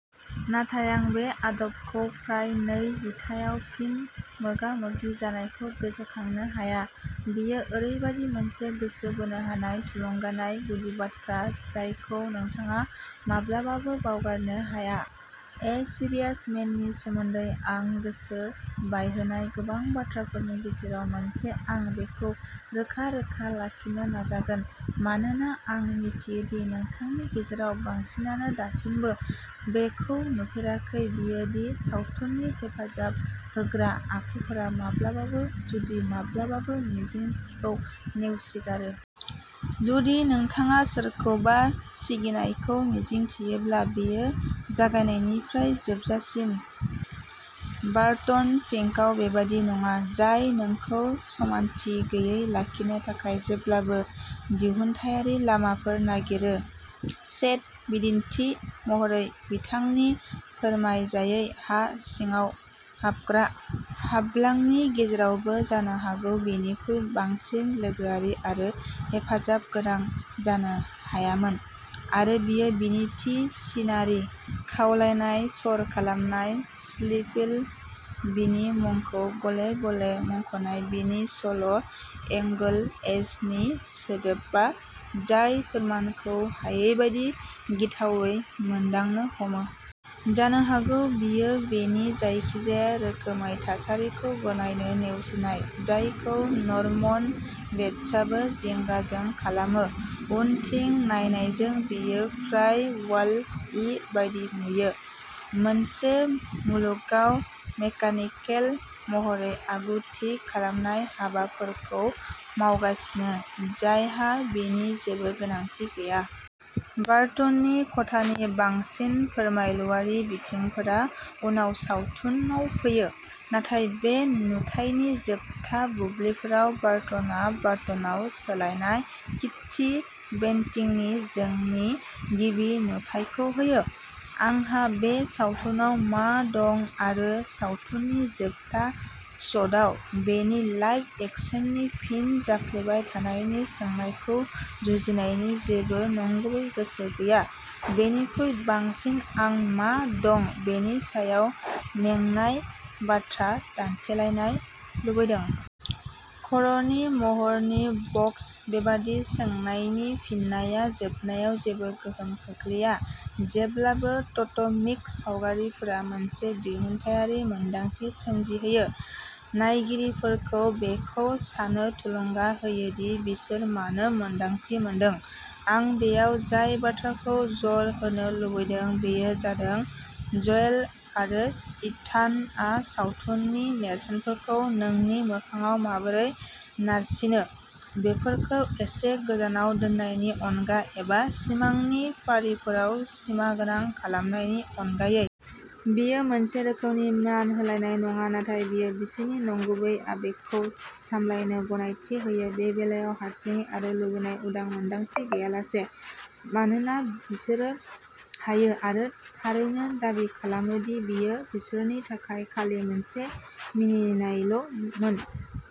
नाथाय आं बे आदबखौ फ्राय नै जिथाइआव फिन मोगा-मोगि जानायखौ गोसोखांनो हाया। बेयो ओरैबायदि मोनसे गोसो बोनो हानाय, थुलुंगानाय गुदि बाथ्रा जायखौ नोंथाङा माब्लाबाबो बावगारनो हाया। ए सीरियास मेननि सोमोन्दै आं गोसो बायहोनाय गोबां बाथ्राफोरनि गेजेराव मोनसे-आं बेखौ रोखा-रोखा लाखिनो नाजागोन, मानोना आं मिथियो दि नोंथांनि गेजेराव बांसिनानो दासिमबो बेखौ नुफेराखै-बेयो दि सावथुननि हेफाजाब होग्रा आखुफोरा माब्लाबासो, जुदि माब्लाबाबो, मिजिंथिखौ नेवसिगारो। जुदि नोंथाङा सोरखौबा सिगिनायखौ मिजिंथियोब्ला, बियो जागायनायनिफ्राय जोबजासिम। बार्टन फिंकआव बेबादि नङा, जाय नोंखौ समानथि गैयै लाखिनो थाखाय जेब्लाबो दिहुनथायारि लामाफोर नागिरो। चेट!, बिदिन्थि महरै, बिथांनि फोरमायजायै हा सिङाव हाबग्रा हाब्लांनि गेजेरावबो, जानो हागौ बिनिख्रुइ बांसिन लोगोआरि आरो हेफाजाबगोनां जानो हायामोन, आरो बेयो बिनि थि सिनारि खावलायनाय-सर'खालामनाय स्पिल, बिनि मुंखौ गले-गले मुंख'नाय, बिनि "लस एंगल-एस" नि सोदोबा-जाय फोरमायनो हायै बायदि गिथावै मोनदांनो हमो। जानो हागौ बेयो बिनि जायखिजाया रोखोमै थासारिखौ गनायनो नेवसिनाय, जायखौ नर्मन बेट्सआबो जिंगाजों खालामो। उनथिं नायनायजों, बियो फ्राय वाल-इ बायदि नुयो, मोनसे मुलुगाव मेकानिकेल महरै आगु-थि खालामनाय हाबाफोरखौ मावगासिनो जायहा बिनि जेबो गोनांथि गैया। बार्टननि खथानि बांसिन फोरमायलुआरि बिथिंफोरा उनाव सावथुनाव फैयो, नाथाय बे नुथायनि जोबथा बुब्लिफोरा बार्टनआ बार्टनाव सोलायनाय किट्ची पेन्टिंनि जोंनि गिबि नुथायखौ होयो। आंहा बे सावथुनाव मा दं, आरो सावथुननि जोबथा शटआव बेनि लाइभ-एक्शननि फिन जाफ्लेबाय थानायनि सोंनायखौ जुजिनायनि जेबो नंगुबै गोसो गैया, बेनिख्रुइ बांसिन आं मा दं बेनि सायाव मेंनाय बाथ्रा दान्थेलायनाय लुबैदों। खर'नि महरनि बक्स। बेबादि सोंनायनि फिननाया जोबनायाव जेबो गोहोम खोख्लैया, जेब्लासिम टटेमिक सावगारिफोरा मोनसे दिहुनथायारि मोनदांथि सोमजिहोयो, नायगिरिफोरखौ बेखौ साननो थुलुंगा होयो दि बिसोर मानो मोन्दांथि मोनदों। आं बेयाव जाय बाथ्राखौ जर होनो लुगैदों बेयो जादों ज'येल आरो इथानआ सावथुननि नेरसोनफोरखौ नोंनि मोखांआव माबोरै नारसिनो, बेफोरखौ एसे गोजानाव दोननायनि अनगा एबा सिमांनि फारिफोराव सिमागोनां खालामनायनि अनगायै। बेयो मोनसे रोखोमनि मान होनायल'नङा, नाथाय बेयो बिसोरखौ नंगुबै आबेगखौ सामलायनो गनायथि होयो-बे बेलायाव, हारसिङै आरो लुबैनाया-उदां मोनदांथि गैयालासे, मानोना बिसोरो हायो आरो थारैनो दाबि खालामो दि बेयो बिसोरनि थाखाय खालि मोनसे मिनिनायल'मोन।